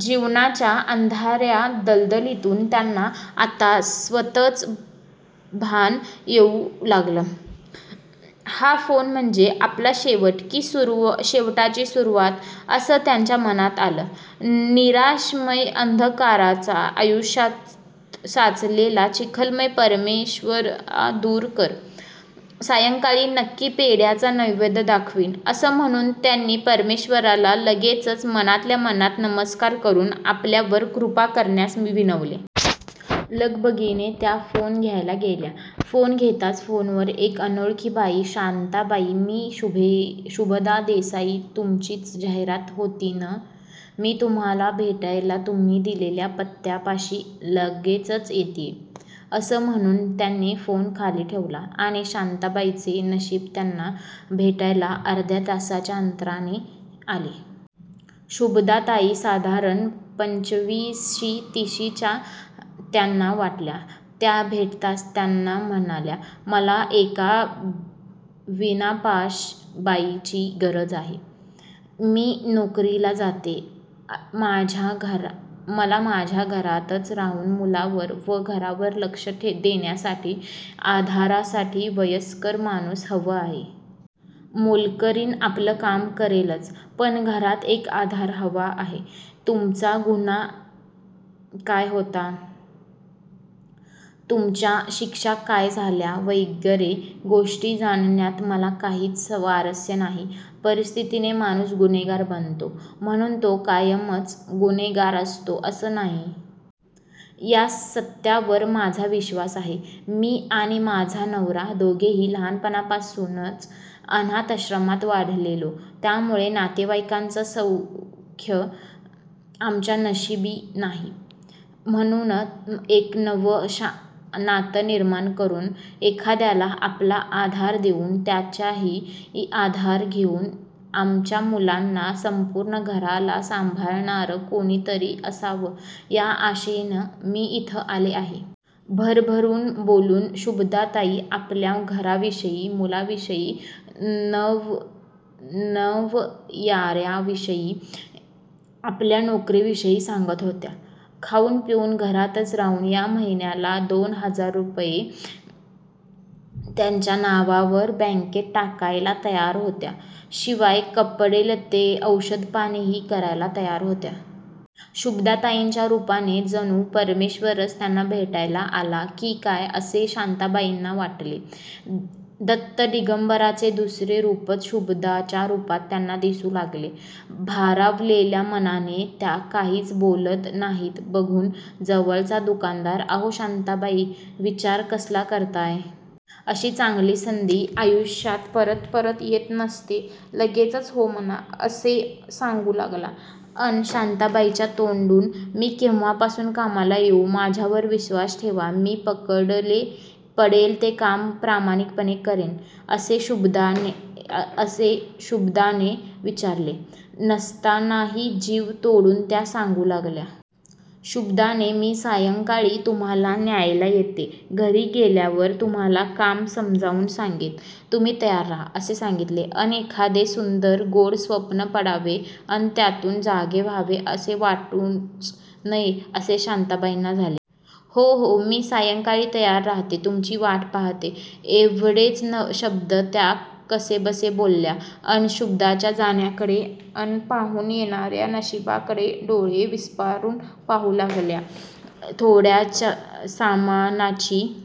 जीवनाच्या अंधा-या दलदलीतून त्यांना आता स्वतचं भान येऊ लागलं. हा फोन म्हणजे आपला शेवट की शेवटाची सुरुवात? असं त्यांच्या मनांत आलं. "निराशामय अंधकाराचा आयुष्यात साचलेला चिखलमय परमेश्वर दूर कर. सायंकाळी नक्की पेढ्याचा नैवेद्य दाखावीन" असं म्हणून त्यांनी परमेश्वराला लगेचच मनातल्या मनात नमस्कार करून आपल्यावर कृपा करण्यास विनवले. लगबगीने त्या फोन घ्यायला गेल्या. फोन घेताच फोनवर एक अनोळखी बाई, "शांताबाई, मी शुभदा देसाई तुमचीच जाहिरात होती नं, मी तुम्हाला भेटायला तुम्ही दिलेल्या पत्त्या पाशी लगेचच येतेय. " असं म्हणून त्यांनी फोन खाली ठेवला आणि शांताबाईंचे नशीब त्यांना भेटायला अर्ध्या तासाच्या अंतराने आले. शुभदाताई साधारण पंचविशी तिशीच्या त्यांना वाटल्या. त्या भेटताच त्यांना म्हणाल्या, "मला एका विनापाश बाईची गरज आहे. मी नोकरीला जाते. मला माझ्या घरातच राहून मुलांवर व घरावर लक्ष देण्यासाठी. आधारासाठी वयस्कर माणूस हवं आहे. मोलकरीण आपलं काम करेलच. पण घरात एक आधार हवा आहे. तुमचा गुन्हा काय होता? तुम्ही तुम्हीच्या शिक्षा का झाली? वगैरे गोष्टी जाणण्यात मला काहीच स्वारस्य नाही. परिस्थितीने माणूस गुन्हेगार बनतो. म्हणून तो कायमच गुन्हेगार असतो असं नाही. या सत्यावर माझा विश्वास आहे. मी आणि माझा नवरा दोघेही लहानपणापासून अनथाश्रमात वाढलेलो. त्यामुळे नातेवाईंकाचं सौख्य आमच्या नशिबी नाही. म्हणून एक नवं अशा नातं निर्माण करून, एखाद्याला आपला आधार देऊन, त्याच्याही आधार घेऊन आमच्या मुलांना, संपूर्ण घराला सांभाळणारं कोणीतरी असावं या आशेनं मी इथं आले आहे. भरभरून बोलून शुभदाताई आपल्या घराविषयी, मुलांविषयी, नव-याविषयी, आपल्या नोकरीविषयी सांगत होत्या. खाऊन पिऊन घरातच राहून या महिन्याला दोन हजार रुपये त्यांच्या नावावर बँकेत टाकायला तयार होत्या. शिवाय कपडेलत्ते, औषधपाणीही करायला तयार होत्या. शुभदाताईच्या रुपाने जणू परमेश्वरच त्यांना भेटायला आला की काय असे शांताबाईंना वाटले. दत्तदिगंबराचे दुसरे रुपच शुभदाच्या रुपात त्यांना दिसू लागले. भारावलेल्या मनाने त्या काहीच बोलत नाहीत बघून जवळचा दुकानदार, "अहो शांताबाई, विचार कसला करताय? अशी चांगली संधी आयुष्यात परत परत येत नसते. लगेचच हो म्हणा. " असे सांगू लागला. अन शाताबाईंच्या तोंडून "मी केव्हापासून कामाला येऊ? माझ्यावर विश्वास ठेवा, मी पडेल ते काम प्रामाणिकपणे करेन. " असे शुभदाने विचारले नसतानाही जीव तोडून त्या सांगू लागल्या. शुभदाने, "मी सायंकाळी तुम्हाला न्यायला येते, घरी गेल्यावर तुम्हाला काम समजावून सांगेन. तुम्ही तयार रहा". असे सांगितले. अन एखादे सुंदर, गोड स्वप्न पडावे अन त्यातून जागे व्हावे असे वाटूच नये असे शांताबाईंना झाले. "हो, हो, मी सायंकाळी तयार रहाते, तुमची वाट पहाते. " एव्हढेच शब्द त्या कसेबसे बोलल्या. अन शुभदाच्या जाण्याकडे अन आपल्या येणा-या नशिबाकडे डोळे विस्फारून पाहू लागल्या. थोड्याशाच सामानाची--